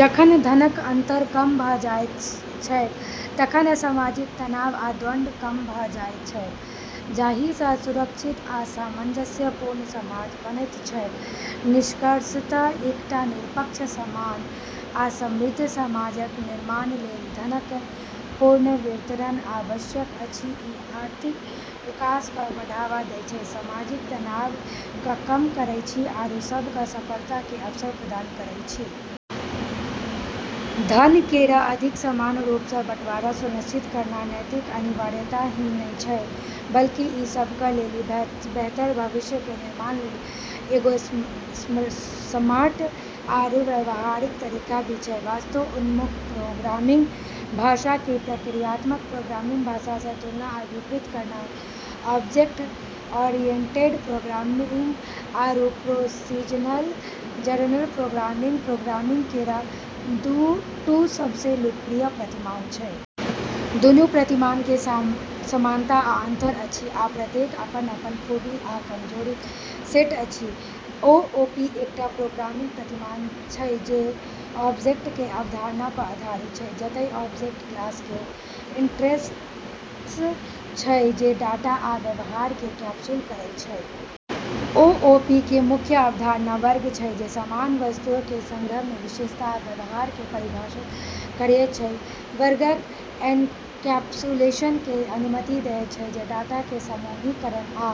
जखन धनक अंतर कम भ' जाइत छैक तखन सामाजिक तनाव आ द्वंद्व कम भ' जाइत छैक, जाहि सं सुरक्षित आ सामंजस्यपूर्ण समाज बनैत छैक. निष्कर्षतः एकटा निष्पक्ष, समान, आ समृद्ध समाजक निर्माण लेल धनक पुनर्वितरण आवश्यक अछि ई आर्थिक विकास क॑ बढ़ावा दै छै, सामाजिक तनाव क॑ कम करै छै, आरू सब क॑ सफलता के अवसर प्रदान करै छै। धन केरऽ अधिक समान रूप स॑ बंटवारा सुनिश्चित करना नैतिक अनिवार्यता ही नै छै, बल्कि ई सब लेली बेहतर भविष्य के निर्माण लेली एगो स्मार्ट आरू व्यावहारिक तरीका भी छै। वस्तु-उन्मुख प्रोग्रामिंग भाषा कें प्रक्रियात्मक प्रोग्रामिंग भाषा सं तुलना आ विपरीत करनाय ऑब्जेक्ट-ओरिएंटेड प्रोग्रामिंग आरू प्रोसीजरल प्रोग्रामिंग प्रोग्रामिंग केरऽ दू सबसें लोकप्रिय प्रतिमान छै। दुनू प्रतिमान मे समानता आ अंतर अछि, आ प्रत्येकक अपन-अपन खूबी आ कमजोरीक सेट अछि। ओओपी एकटा प्रोग्रामिंग प्रतिमान छै जे ऑब्जेक्ट कें अवधारणा पर आधारित छै, जतय ऑब्जेक्ट क्लास कें इंस्टेंस छै जे डाटा आ व्यवहार कें कैप्सूल करय छै. ओओपी मे मुख्य अवधारणा वर्ग छै, जे समान वस्तुअक कें संग्रह कें विशेषता आ व्यवहार कें परिभाषित करयत छै. वर्गक एनकैप्सुलेशन कें अनुमति देयत छै, जे डाटा कें समूहीकरण आ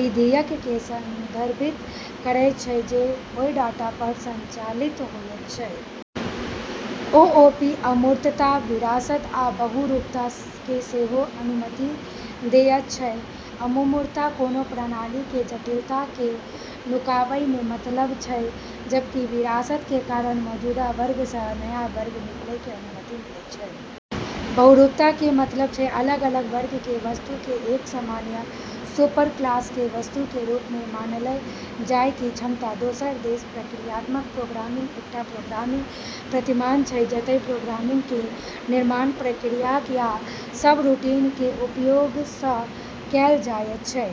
विधियक कें संदर्भित करयत छै जे ओय डाटा पर संचालित होयत छै. ओओपी अमूर्तता, विरासत, आ बहुरूपता कें सेहो अनुमति देयत छै. अमूर्तता कोनो प्रणाली के जटिलता के नुकाबै के मतलब छै, जबकि विरासत के कारण मौजूदा वर्ग स॑ नया वर्ग निकालै के अनुमति मिलै छै। बहुरूपता के मतलब छै अलग-अलग वर्ग के वस्तु के एक सामान्य सुपरक्लास के वस्तु के रूप में मानलऽ जाय के क्षमता। दोसर दिस प्रक्रियात्मक प्रोग्रामिंग एकटा प्रोग्रामिंग प्रतिमान छै जतय प्रोग्रामक कें निर्माण प्रक्रियाक, या सबरूटीन कें उपयोग सं कैल जायत छै.